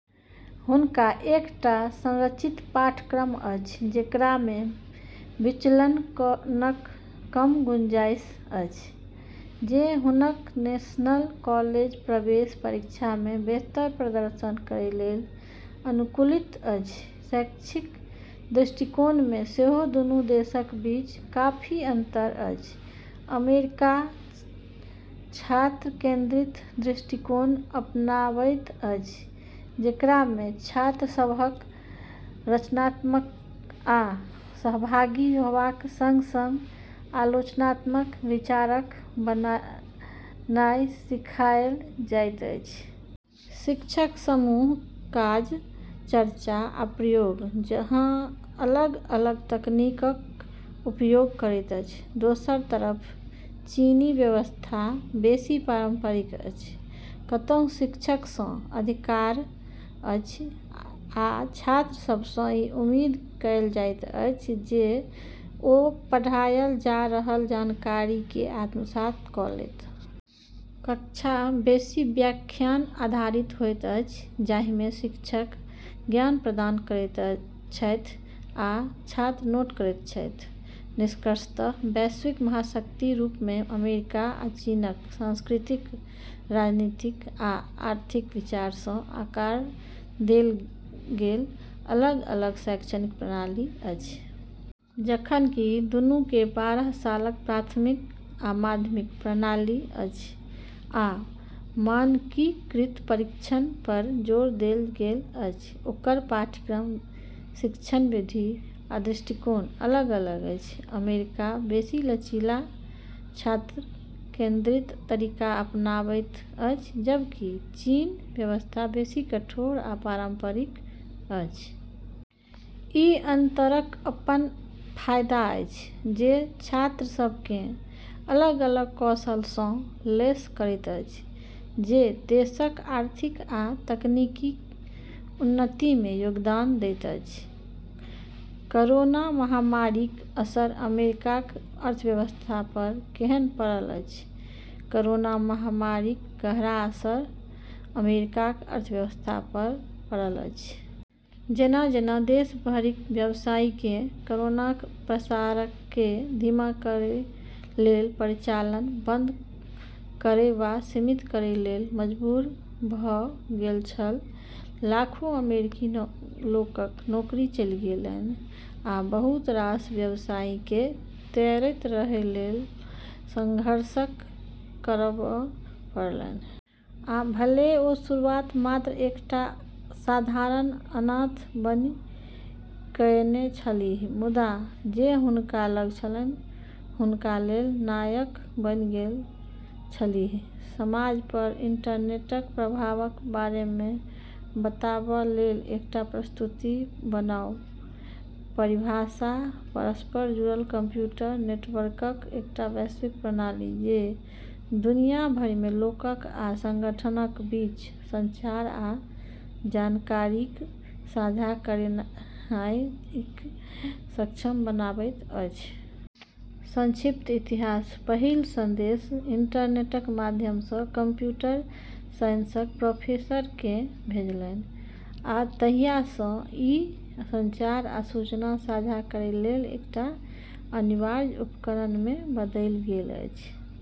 हुनक एकटा संरचित पाठ्यक्रम अछि जेकरामे विचलनक कम गुंजाइश अछि, जे हुनक नेशनल कॉलेज प्रवेश परीक्षामे बेहतर प्रदर्शन करैलेल अनुकूलित अछि। शैक्षिक दृष्टिकोणमे सेहो दूनू देशक बीच काफी अन्तर अछि। अमेरिका छात्र केन्द्रित दृष्टिकोण अपनाबैत अछि, जेकरामे छात्रसभकेँ रचनात्मक आ सहभागी होबाक सँग-सँग आलोचनात्मक विचारक बननाइ सिखाएल जाइत अछि। शिक्षक समूह काज, चर्चा, आ प्रयोग जकाँ अलग-अलग तकनीकक उपयोग करैत छथि। दोसर तरफ चीनी व्यवस्था बेसी पारम्परिक अछि, कतहु शिक्षकसँ अधिकार अछि, आ छात्रसभसँ ई उम्मीद कएल जाइत अछि जे ओ पढ़ायल जा रहल जानकारीकेँ आत्मसात कऽ लेत। कक्षा बेसी व्याख्यान आधारित होइत अछि, जाहिमे शिक्षक ज्ञान प्रदान करैत छथि आ छात्र नोट करैत छथि। निष्कर्षतः, वैश्विक महाशक्तिक रूपमे अमेरिका आ चीनक सांस्कृतिक, राजनीतिक आ आर्थिक विचारसँ आकार देल गेल अलग-अलग शैक्षणिक प्रणाली अछि। जखन कि दूनूकेँ बारह सालक प्राथमिक आ माध्यमिक प्रणाली अछि आ मानकीकृत परीक्षणपर जोर देल गेल अछि, ओकर पाठ्यक्रम, शिक्षण विधि आ दृष्टिकोण अलग-अलग अछि। अमेरिका बेसी लचीला, छात्र केन्द्रित तरीका अपनाबैत अछि, जबकि चीनक व्यवस्था बेसी कठोर आ पारम्परिक अछि। ई अन्तरक अपन फायदा अछि, जे छात्रसभकेँ अलग-अलग कौशलसँ लैस करैत अछि, जे देशक आर्थिक आ तकनीकी उन्नतिमे योगदान दैत अछि। कोरोना महामारीक असर अमेरिकाक अर्थव्यवस्थापर केहन पड़ल अछि? कोरोना महामारीक गहरा असर अमेरिकाक अर्थव्यवस्थापर पड़ल अछि। जेना-जेना देश भरिक व्यवसायीकेँ कोरोनाक प्रसारकेँ धीमा करैलेल परिचालन बन्द करै वा सीमित करैलेल मजबूर भऽ गेल छल, लाखों अमेरिकी लोकक नौकरी चलि गेलनि आ बहुत रास व्यवसायीकेँ तैरैत रहैलेल सङ्घर्ष करब पड़लनि। आ भले ओ शुरुआत मात्र एकटा साधारण अनाथ बनि कएने छलीह, मुदा जे हुनका लग छलनि हुनकालेल नायक बनि गेल छलीह। समाजपर इन्टरनेटक प्रभावक बारेमे बताबैलेल एकटा प्रस्तुति बनाउ। परिभाषा: परस्पर जुड़ल कम्प्यूटर नेटवर्कक एकटा वैश्विक प्रणाली जे दुनिया भरिमे लोकक आ सङ्गठनक बीच संचार आ जानकारीक साझा करेनाइकेँ सक्षम बनाबैत अछि। संक्षिप्त इतिहास: पहिल सन्देश इन्टरनेटक माध्यमसँ कम्प्यूटर साइन्सक प्रोफेसरकेँ भेजलनि, आ तहियासँ ई संचार आ सूचना साझा करैलेल एकटा अनिवार्य उपकरणमे बदलि गेल अछि।